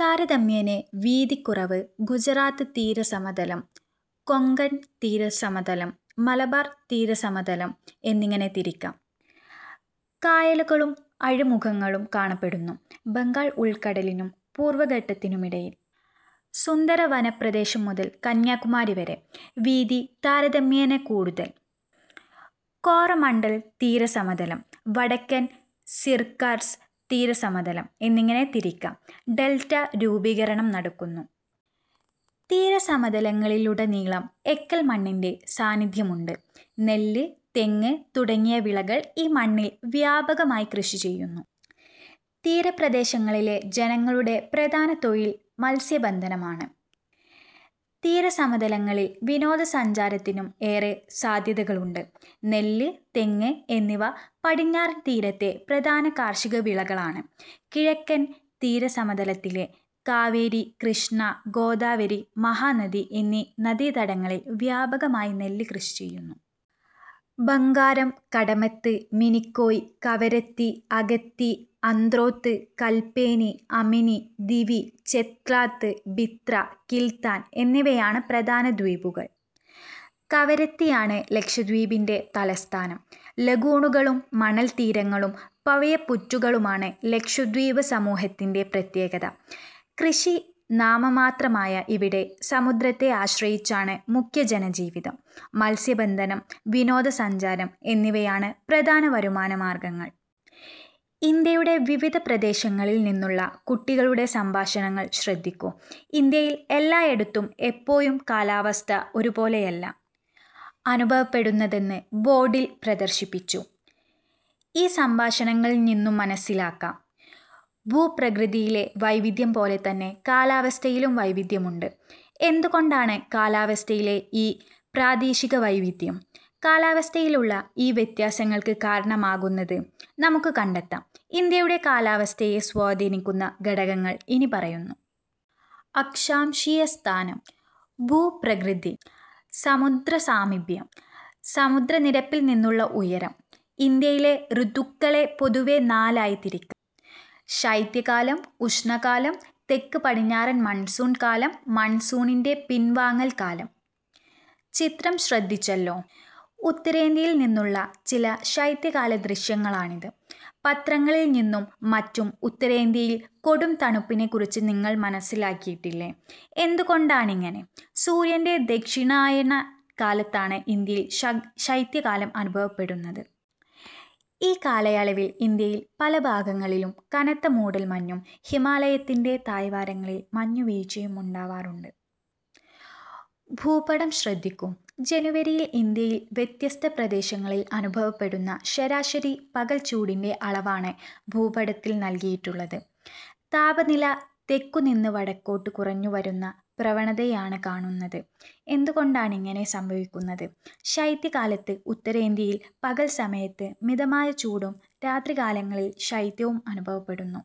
താരതമ്യേന വീതി കുറവ്. ഗുജറാത്ത് തീരസമതലം, കൊങ്കൺ തീരസമതലം, മലബാർ തീരസമതലം എന്നിങ്ങനെ തിരിക്കാം. കായലുകളും അഴിമുഖങ്ങളും കാണപ്പെടുന്നു. ബംഗാൾ ഉൾക്കടലിനും പൂർവഘട്ടത്തിനുമിടയിൽ. സുന്ദരവനപ്രദേശം മുതൽ കന്യാകുമാരി വരെ. വീതി താരതമ്യേന കൂടുതൽ. കോറമണ്ഡൽ തീരസമതലം, വടക്കൻ സിർകാർസ് തീരസമതലം എന്നിങ്ങനെ തിരിക്കാം. ഡെൽറ്റ രൂപീകരണം നടക്കുന്നു. തീരസമതലങ്ങളിലുടനീളം എക്കൽ മണ്ണിന്റെ സാന്നിധ്യമുണ്ട്. നെല്ല്, തെങ്ങ് തുടങ്ങിയ വിളകൾ ഈ മണ്ണിൽ വ്യാപകമായി കൃഷിചെയ്യുന്നു. തീരപ്രദേശങ്ങളിലെ ജനങ്ങളുടെ പ്രധാന തൊഴിൽ മത്സ്യബന്ധനമാണ്. തീരസമതലങ്ങളിൽ വിനോദസഞ്ചാരത്തിനും ഏറെ സാധ്യതകളുണ്ട്. നെല്ല്, തെങ്ങ് എന്നിവ പടിഞ്ഞാറൻ തീരത്തെ പ്രധാന കാർഷികവിളകളാണ്. കിഴക്കൻ തീരസമതലത്തിലെ കാവേരി, കൃഷ്ണ, ഗോദാവരി, മഹാനദി എന്നീ നദീതടങ്ങളിൽ വ്യാപകമായി നെല്ല് കൃഷിചെയ്യുന്നു. ബംഗാരം, കടമത്ത്, മിനിക്കോയ്, കവരത്തി, അഗത്തി, ആന്ത്രോത്ത്, കല്പേനി, അമിനി ദിവി, ചെത്ലാത്ത്, ബിത്ര, കിൽത്താൻ എന്നിവയാണ് പ്രധാന ദ്വീപുകൾ. കവരത്തിയാണ് ലക്ഷദ്വീപിന്റെ തലസ്ഥാനം. ലഗൂണുകളും മണൽത്തീരങ്ങളും പവിഴപ്പുറ്റുകളുമാണ് ലക്ഷദ്വീപസമൂഹത്തിന്റെ പ്രത്യേകത. കൃഷി നാമമാത്രമായ ഇവിടെ സമുദ്രത്തെ ആശ്രയിച്ചാണ് മുഖ്യ ജനജീവിതം. മത്സ്യബന്ധനം, വിനോദ സഞ്ചാരം എന്നിവയാണ് പ്രധാന വരുമാനമാർങ്ങൾ. ഇന്ത്യയുടെ വിവിധ പ്രദേശങ്ങളിൽ നിന്നുള്ള കുട്ടികളുടെ സംഭാഷണങ്ങൾ ശ്രദ്ധിക്കൂ. ഇന്ത്യയിൽ എല്ലായിടത്തും എപ്പോഴും കാലാവസ്ഥ ഒരുപോലെയല്ല അനുഭവപ്പെടുന്നതെന്ന് ബോർഡിൽ പ്രദർശിപ്പിച്ചു. ഈ സംഭാഷണങ്ങളിൽനിന്നു മനസ്സിലാക്കാം. ഭൂപ്രകൃതിയിലെ വൈവിധ്യം പോലെത്തന്നെ കാലാവസ്ഥയിലും വൈവിധ്യമുണ്ട്. എന്തുകൊണ്ടാണ് കാലാവസ്ഥയിലെ ഈ പ്രാദേശികവൈവിധ്യം? കാലാവസ്ഥയിലുള്ള ഈ വ്യത്യാസങ്ങൾക്ക്കാരണമാകുന്നത്? നമുക്ക് കണ്ടെത്താം. ഇന്ത്യയുടെ കാലാവസ്ഥയെ സ്വാധീനിക്കുന്ന ഘടകങ്ങൾ ഇനിപ്പറയുന്നു. അക്ഷാംശീയസ്ഥാനം. ഭൂപ്രകൃതി. സമുദ്രസാമീപ്യം. സമുദ്രനിരപ്പിൽനിന്നുള്ള ഉയരം. ഇന്ത്യയിലെ ഋതുക്കളെ പൊതുവെ നാലായി തിരിക്കാം. ശൈത്യകാലം, ഉഷ്ണകാലം. തെക്ക്-പടിഞ്ഞാറൻ മൺസൂൺ കാലം മൺസൂണിന്റെ പിൻവാങ്ങൽ കാലം. ചിത്രം ശ്രദ്ധിച്ചല്ലോ. ഉത്തരേന്ത്യയിൽനിന്നുള്ള ചില ശൈത്യകാല ദൃശ്യങ്ങളാണിത്. പത്രങ്ങളിൽനിന്നും മറ്റും ഉത്തരേന്ത്യയിലെ കൊടും തണുപ്പിനെക്കുറിച്ച് നിങ്ങൾ മനസ്സിലാക്കിയിട്ടില്ലേ. എന്തുകൊണ്ടാണിങ്ങനെ? സൂര്യന്റെ ദക്ഷിണായന കാലത്താണ് ഇന്ത്യയിൽ ശൈത്യകാലം അനുഭവപ്പെടുന്നത്. ഈ കാലയളവിൽ ഇന്ത്യയിൽ പലഭാഗങ്ങളിലും കനത്ത മൂടൽമഞ്ഞും ഹിമാലയത്തിന്റെ താഴ്വരകളിൽ മഞ്ഞു വീഴ്ചയും ഉണ്ടാവാറുണ്ട്. ഭൂപടം ശ്രദ്ധിക്കൂ. ജനുവരിയിൽ ഇന്ത്യയിലെ വ്യത്യസ്ത പ്രദേശങ്ങളിൽ അനുഭവപ്പെടുന്ന ശരാശരി പകൽച്ചൂടിന്റെ അളവാണ് ഭൂപടത്തിൽ നൽകിയിട്ടുള്ളത്. താപനില തെക്കുനിന്ന് വടക്കോട്ട് കുറഞ്ഞുവരുന്ന പ്രവണതയാണ് കാണുന്നത്. എന്തുകൊണ്ടാണിങ്ങനെ സംഭവിക്കുന്നത്? ശൈത്യകാലത്ത് ഉത്തരേന്ത്യയിൽ പകൽസമയത്ത് മിതമായ ചൂടും രാത്രി കാലങ്ങളിൽ ശൈത്യവും അനുഭവപ്പെടുന്നു.